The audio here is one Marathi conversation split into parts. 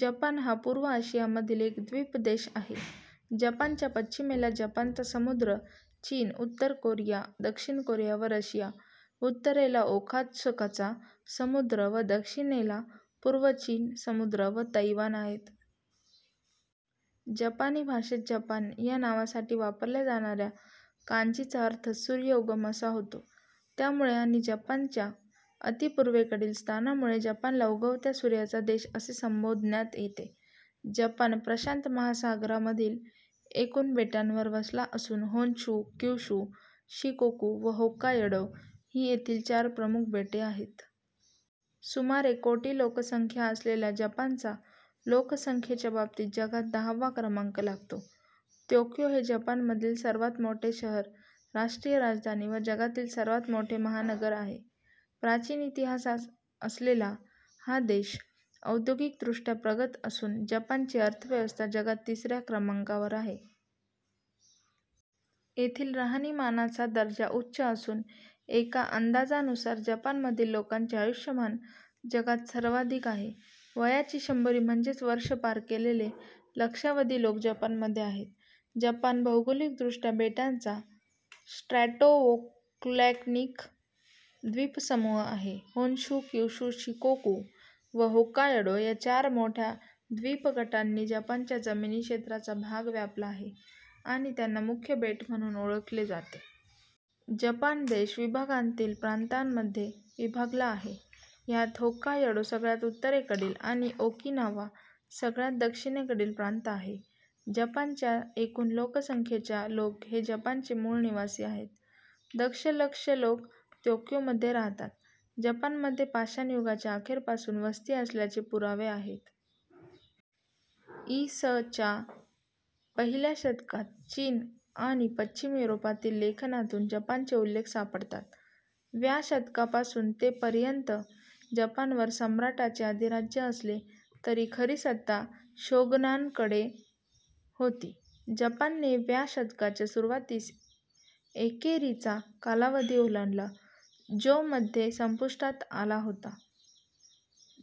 जपान हा पूर्व आशियामधील एक द्वीप-देश आहे. जपानच्या पश्चिमेला जपानचा समुद्र, चीन, उत्तर कोरिया, दक्षिण कोरिया व रशिया, उत्तरेला ओखोत्स्कचा समुद्र व दक्षिणेला पूर्व चीन समुद्र व तैवान आहेत. जपानी भाषेत "जपान" या नावासाठी वापरल्या जाणाऱ्या कांजीचा अर्थ "सूर्य उगम" असा होतो. त्यामुळे आणि जपानच्या अतिपूर्वेकडील स्थानामुळे जपानला उगवत्या सूर्याचा देश असे संबोधण्यात येते. जपान प्रशांत महासागरामधील एकूण बेटांवर वसला असून होन्शू, क्युशू, शिकोकू व होक्कायडो ही येथील चार प्रमुख बेटे आहेत. सुमारे कोटी लोकसंख्या असलेल्या जपानचा लोकसंख्येच्या बाबतीत जगात दहावा क्रमांक लागतो. तोक्यो हे जपानमधील सर्वात मोठे शहर, राष्ट्रीय राजधानी व जगातील सर्वात मोठे महानगर आहे. प्राचीन इतिहास असलेला हा देश औद्योगिकदृष्ट्या प्रगत असून जपानची अर्थव्यवस्था जगात तिसऱ्या क्रमांकावर आहे. येथील राहणीमानाचा दर्जा उच्च असून एका अंदाजानुसार जपानमधील लोकांचे आयुष्यमान जगात सर्वाधिक आहे. वयाची शंभरी म्हणजेच वर्ष पार केलेले लक्षावधी लोकं जपानमध्ये आहेत. जपान भौगोलिकदृष्ट्या बेटांचा स्ट्रॅटोव्होल्कॅनिक द्वीपसमूह आहे. होन्शू, क्युशू, शिकोकू व होक्कायडो या चार मोठ्या द्वीपगटांनी जपानच्या जमीनी क्षेत्राचा भाग व्यापला आहे आणि त्यांना मुख्य बेट म्हणून ओळखले जाते. जपान देश विभागांतील प्रांतांमधे विभागला आहे, ज्यात होक्कायडो सगळ्यात उत्तरेकडील, आणि ओकिनावा सगळ्यात दक्षिणेकडील प्रांत आहे. जपानच्या एकूण लोकसंख्येच्या लोक हे जपानचे मूळ निवासी आहेत. दशलक्ष लोक तोक्योमध्ये राहतात. जपानमध्ये पाषाण युगाच्या अखेरपासून वस्ती असल्याचे पुरावे आहेत. इ. स. च्या पहिल्या शतकात चीन आणि पश्चिम युरोपातील लेखनातून जपानचे उल्लेख सापडतात. व्या शतकापासून ते पर्यंत जपानवर सम्राटाचे अधिराज्य असले तरी खरी सत्ता शोगनांकडे होती. जपानने व्या शतकाच्या सुरुवातीस एकेरीचा कालावधी ओलांडला जो मध्ये संपुष्टात आला होता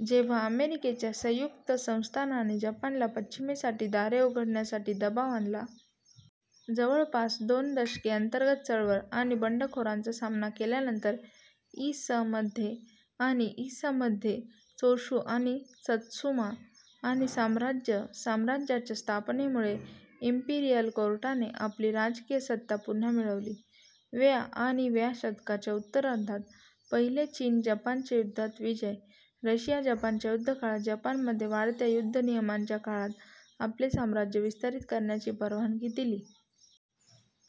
जेव्हा अमेरिकेच्या संयुक्त संस्थानाने जपानला पश्चिमेसाठी दारे उघडण्यासाठी दबाव आणला. जवळपास दोन दशके अंतर्गत चळवळ आणि बंडखोरांचा सामना केल्यानंतर, इ. स. मध्ये आणि इ. स. मध्ये चोशु आणि सत्सुमा-आणि साम्राज्य साम्राज्याच्या स्थापनेमुळे इम्पीरियल कोर्टाने आपली राजकीय सत्ता पुन्हा मिळवली. व्या आणि व्या शतकाच्या उत्तरार्धात, पहिले चीन -जपानच्या युद्धांत विजय, रशिया-जपानच्या युद्धकाळात जपानमध्ये वाढत्या युद्धनियमांच्या काळात आपले साम्राज्य विस्तारित करण्याची परवानगी दिली.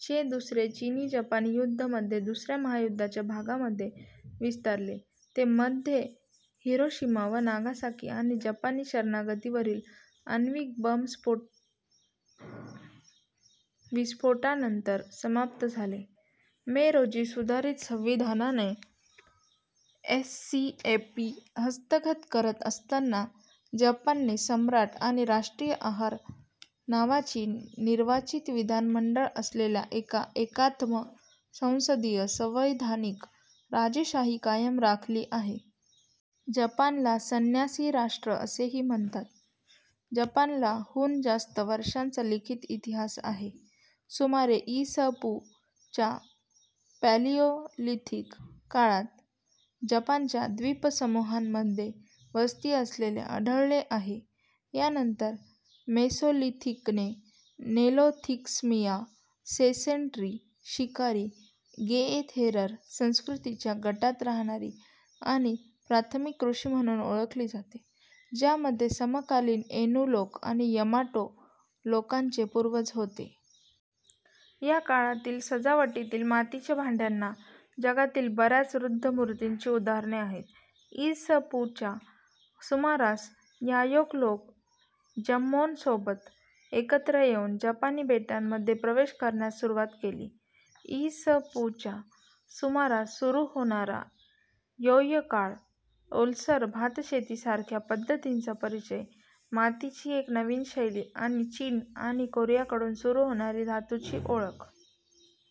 चे दुसरे चीनी-जपानी युद्ध मध्ये दुसऱ्या महायुद्धाच्या भागामध्ये विस्तारले, ते मध्ये हिरोशिमा व नागासाकी आणि जपानी शरणागतीवरील आण्विक बम-विस्फोटानंतर समाप्त झाले. मे रोजी सुधारित संविधानाने एससीएपी हस्तगत करत असताना, जपानने सम्राट आणि राष्ट्रीय आहार नावाची निर्वाचित विधानमंडळ असलेल्या एका एकात्म संसदीय संवैधानिक राजेशाही कायम राखली आहे. जपानला संन्यासीराष्ट्र असेही म्हणतात. जपानला, हून जास्त वर्षांचा लिखित इतिहास आहे. सुमारे इ. स. पू. च्या पॅलियोलिथिक काळात जपानच्या द्वीपसमूहांमध्ये वस्ती असलेले आढळलेआहे. यानंतर मेसोलिथिकने नोलिथिक्समिया-सेसेन्ट्री शिकारी-गेएथेरर संस्कृतीच्या गटात राहणारी आणि प्राथमिक कृषी म्हणून ओळखली जाते, ज्यामध्ये समकालीन एनु लोक आणि यमाटो लोकांचे पूर्वज होते. या काळातील सजावटीतील मातीच्या भांड्यांना जगातील बऱ्याच वृद्ध मूर्तींची उदाहरणे आहेत. इ. स. पू. च्या सुमारास, यायोक लोक जम्मोनसोबत एकत्र येऊन जपानी बेटांमध्ये प्रवेश करण्यास सुरुवात केली. इ. स. पू. च्या सुमारास सुरू होणारा य्योय काळ, ओलसर भातशेतीसारख्या पद्धतींचा परिचय, मातीची एक नवीन शैली आणि चीन आणि कोरियाकडून सुरू होणारी धातूची ओळख.